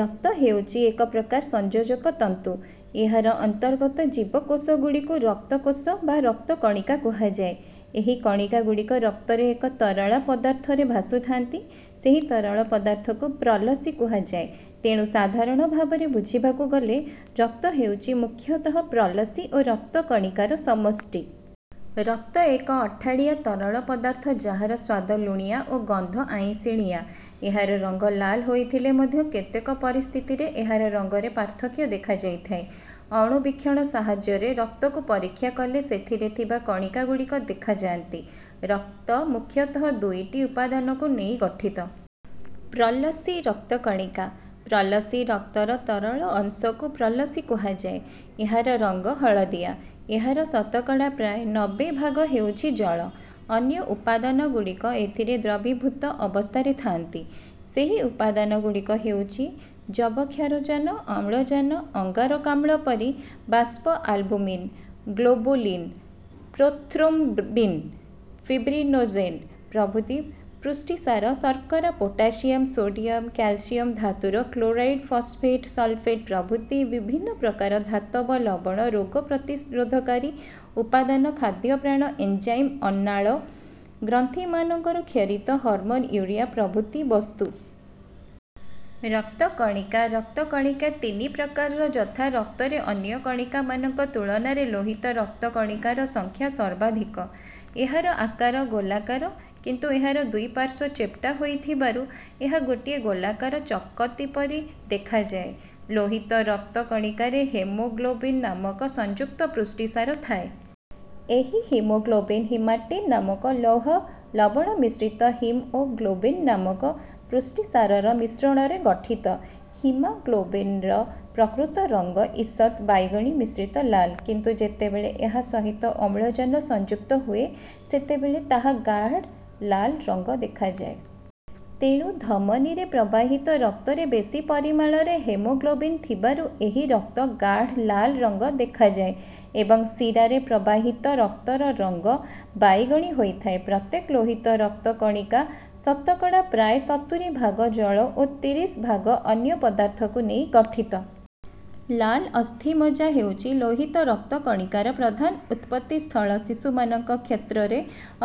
ରକ୍ତ ହେଉଛି ଏକ ପ୍ରକାର ସଂଯୋଜକ ତନ୍ତୁ। ଏହାର ଅନ୍ତର୍ଗତ ଜୀବକୋଷଗୁଡ଼ିକୁ ରକ୍ତ କୋଷ ବା ରକ୍ତକଣିକା କୁହାଯାଏ। ଏହି କଣିକାଗୁଡ଼ିକ ରକ୍ତରେ ଏକ ତରଳ ପଦାର୍ଥରେ ଭାସୁଥାନ୍ତି ସେହି ତରଳ ପଦାର୍ଥକୁ ପ୍ରଲସି କୁହାଯାଏ। ତେଣୁ ସାଧାରଣ ଭାବରେ ବୁଝିବାକୁ ଗଲେ ରକ୍ତ ହେଉଛି ମୁଖ୍ୟତଃ ପ୍ରଲସି ଓ ରକ୍ତ କଣିକାର ସମଷ୍ଟି। ରକ୍ତ ଏକ ଅଠାଳିଆ ତରଳ ପଦାର୍ଥ ଯାହାର ସ୍ୱାଦ ଲୁଣିଆ ଓ ଗନ୍ଧ ଆଇଁଷିଣିଆ। ଏହାର ରଙ୍ଗ ଲାଲ ହୋଇଥିଲେ ମଧ୍ୟ କେତେକ ପରିସ୍ଥିତିରେ ଏହାର ରଙ୍ଗରେ ପାର୍ଥକ୍ୟ ଦେଖାଯାଇଥାଏ। ଅଣୁବୀକ୍ଷଣ ସାହାଯ୍ୟରେ ରକ୍ତକୁ ପରୀକ୍ଷା କଲେ ସେଥିରେ ଥିବା କଣିକାଗୁଡ଼ିକ ଦେଖାଯାନ୍ତି। ରକ୍ତ ମୁଖ୍ୟତଃ ଦୁଇଟି ଉପାଦାନକୁ ନେଇ ଗଠିତ। ପ୍ରଲସି ରକ୍ତକଣିକା। ପ୍ରଲସି ରକ୍ତର ତରଳ ଅଂଶକୁ ପ୍ରଲସି କୁହାଯାଏ। ଏହାର ରଙ୍ଗ ହଳଦିଆ। ଏହାର ଶତକଡ଼ା ପ୍ରାୟ ନବ୍ବେ ଭାଗ ହେଉଛି ଜଳ। ଅନ୍ୟ ଉପାଦାନଗୁଡ଼ିକ ଏଥିରେ ଦ୍ରବୀଭୂତ ଅବସ୍ଥାରେ ଥାନ୍ତି। ସେହି ଉପାଦାନଗୁଡ଼ିକ ହେଉଛି ଯବକ୍ଷାରଜାନ ଅମ୍ଳଜାନ ଅଙ୍ଗାରକାମ୍ଳ ପରି ବାଷ୍ପ ଆଲବୁମିନ୍ ଗ୍ଲୋବୁଲିନ୍ ପ୍ରୋଥ୍ରୋମ୍ବିନ୍ ଫିବ୍ରିନୋଜେନ୍ ପ୍ରଭୃତି ପୁଷ୍ଟିସାର ଶର୍କରା ପୋଟାସିୟମ୍ ସୋଡିୟମ୍ କ୍ୟାଲସିୟମ୍ ଧାତୁର କ୍ଲୋରାଇଡ୍ ଫସଫେଟ୍ ସଲଫେଟ୍ ପ୍ରଭୃତି ବିଭିନ୍ନ ପ୍ରକାର ଧାତବ ଲବଣ ରୋଗ ପ୍ରତିରୋଧକାରୀ ଉପାଦାନ ଖାଦ୍ୟପ୍ରାଣ ଏଞ୍ଜାଇମ୍ ଅନାଳ ଗ୍ରନ୍ଥିମାନଙ୍କରୁ କ୍ଷରିତ ହର୍ମୋନ୍ ୟୁରିଆ ପ୍ରଭୃତି ବସ୍ତୁ। ରକ୍ତ କଣିକା ରକ୍ତକଣିକା ତିନି ପ୍ରକାରର ଯଥା ରକ୍ତରେ ଅନ୍ୟ କଣିକାମାନଙ୍କ ତୁଳନାରେ ଲୋହିତ ରକ୍ତ କଣିକାର ସଂଖ୍ୟା ସର୍ବାଧିକ। ଏହାର ଆକାର ଗୋଲାକାର କିନ୍ତୁ ଏହାର ଦୁଇପାର୍ଶ୍ୱ ଚେପଟା ହୋଇଥିବାରୁ ଏହା ଗୋଟିଏ ଗୋଲାକାର ଚକତି ପରି ଦେଖାଯାଏ। ଲୋହିତ ରକ୍ତ କଣିକାରେ ହିମୋଗ୍ଲୋବିନ ନାମକ ସଂଯୁକ୍ତ ପୁଷ୍ଟିସାର ଥାଏ। ଏହି ହିମୋଗ୍ଲୋବିନ ହିମାଟିନ ନାମକ ଲୌହ ଲବଣ ମିଶ୍ରିତ ହିମ୍ ଓ ଗ୍ଲୋବିନ ନାମକ ପୁଷ୍ଟିସାରର ମିଶ୍ରଣରେ ଗଠିତ। ହିମାଗ୍ଲୋବିନର ପ୍ରକୃତ ରଙ୍ଗ ଈଷତ ବାଇଗଣୀ ମିଶ୍ରିତ ଲାଲ। କିନ୍ତୁ ଯେତେବେଳେ ଏହା ସହିତ ଅମ୍ଳଜାନ ସଂଯୁକ୍ତ ହୁଏ ସେତେବେଳେ ତାହା ଗାଢ଼ ଲାଲ ରଙ୍ଗ ଦେଖାଯାଏ। ତେଣୁ ଧମନୀରେ ପ୍ରବାହିତ ରକ୍ତରେ ବେଶି ପରିମାଣରେ ହିମୋଗ୍ଲୋବିନ ଥିବାରୁ ଏହି ରକ୍ତ ଗାଢ଼ଲାଲ ରଙ୍ଗ ଦେଖାଯାଏ ଏବଂ ଶିରାରେ ପ୍ରବାହିତ ରକ୍ତର ରଙ୍ଗ ବାଇଗଣୀ ହୋଇଥାଏ। ପ୍ରତ୍ୟେକ ଲୋହିତ ରକ୍ତ କଣିକା ଶତକଡ଼ା ପ୍ରାୟ ସତୁରି ଭାଗ ଜଳ ଓ ତିରିଶ ଭାଗ ଅନ୍ୟ ପଦାର୍ଥକୁ ନେଇ ଗଠିତ। ଲାଲ ଅସ୍ଥିମଜ୍ଜା ହେଉଛି ଲୋହିତ ରକ୍ତ କଣିକାର ପ୍ରଧାନ ଉତ୍ପତ୍ତିସ୍ଥଳ। ଶିଶୁମାନଙ୍କ କ୍ଷେତ୍ରରେ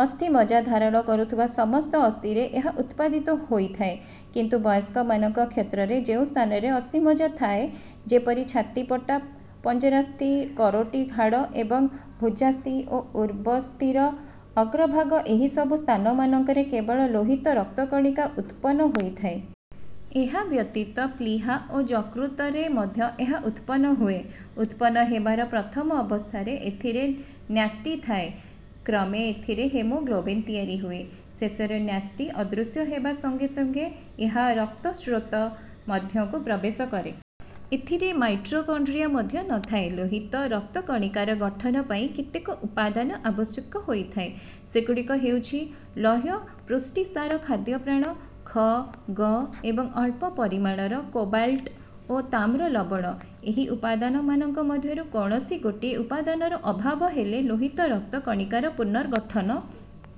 ଅସ୍ଥିମଜ୍ଜା ଧାରଣ କରୁଥିବା ସମସ୍ତ ଅସ୍ଥିରେ ଏହା ଉତ୍ପାଦିତ ହୋଇଥାଏ। କିନ୍ତୁ ବୟସ୍କମାନଙ୍କ କ୍ଷେତ୍ରରେ ଯେଉଁ ସ୍ଥାନରେ ଅସ୍ଥିମଜ୍ଜା ଥାଏ ଯେପରି ଛାତିପଟା ପଞ୍ଜରାସ୍ଥି କରୋଟି ହାଡ଼ ଏବଂ ଭୁଜାସ୍ଥି ଓ ଊର୍ବସ୍ଥିର ଅଗ୍ରଭାଗ ଏହିସବୁ ସ୍ଥାନମାନଙ୍କରେ କେବଳ ଲୋହିତ ରକ୍ତକଣିକା ଉତ୍ପନ୍ନ ହୋଇଥାଏ। ଏହା ବ୍ୟତୀତ ପ୍ଳୀହା ଓ ଯକୃତ ରେ ମଧ୍ୟ ଏହା ଉତ୍ପନ୍ନ ହୁଏ। ଉତ୍ପନ୍ନ ହେବାର ପ୍ରଥମ ଅବସ୍ଥାରେ ଏଥିରେ ନ୍ୟଷ୍ଟିଥାଏ। କ୍ରମେ ଏଥିରେ ହିମୋଗ୍ଲୋବିନ ତିଆରି ହୁଏ। ଶେଷରେ ନ୍ୟଷ୍ଟି ଅଦୃଶ୍ୟ ହେବା ସଙ୍ଗେ ସଙ୍ଗେ ଏହା ରକ୍ତ ସ୍ରୋତ ମଧ୍ୟକୁ ପ୍ରବେଶ କରେ। ଏଥିରେ ମାଇଟୋକଣ୍ଡ୍ରିଆ ମଧ୍ୟ ନଥାଏ। ଲୋହିତ ରକ୍ତ କଣିକାର ଗଠନ ପାଇଁ କେତେକ ଉପାଦାନ ଆବଶ୍ୟକ ହୋଇଥାଏ। ସେଗୁଡ଼ିକ ହେଉଛି ଲୌହ ପୁଷ୍ଟିସାର ଖାଦ୍ୟପ୍ରାଣ ଖ ଗ ଏବଂ ଅଳ୍ପ ପରିମାଣର କୋବାଲଟ୍ ଓ ତାମ୍ର ଲବଣ। ଏହି ଉପାଦାନମାନଙ୍କ ମଧ୍ୟରୁ କୌଣସି ଗୋଟିଏ ଉପାଦାନର ଅଭାବ ହେଲେ ଲୋହିତ ରକ୍ତ କଣିକାର ପୂର୍ଣ୍ଣଗଠନ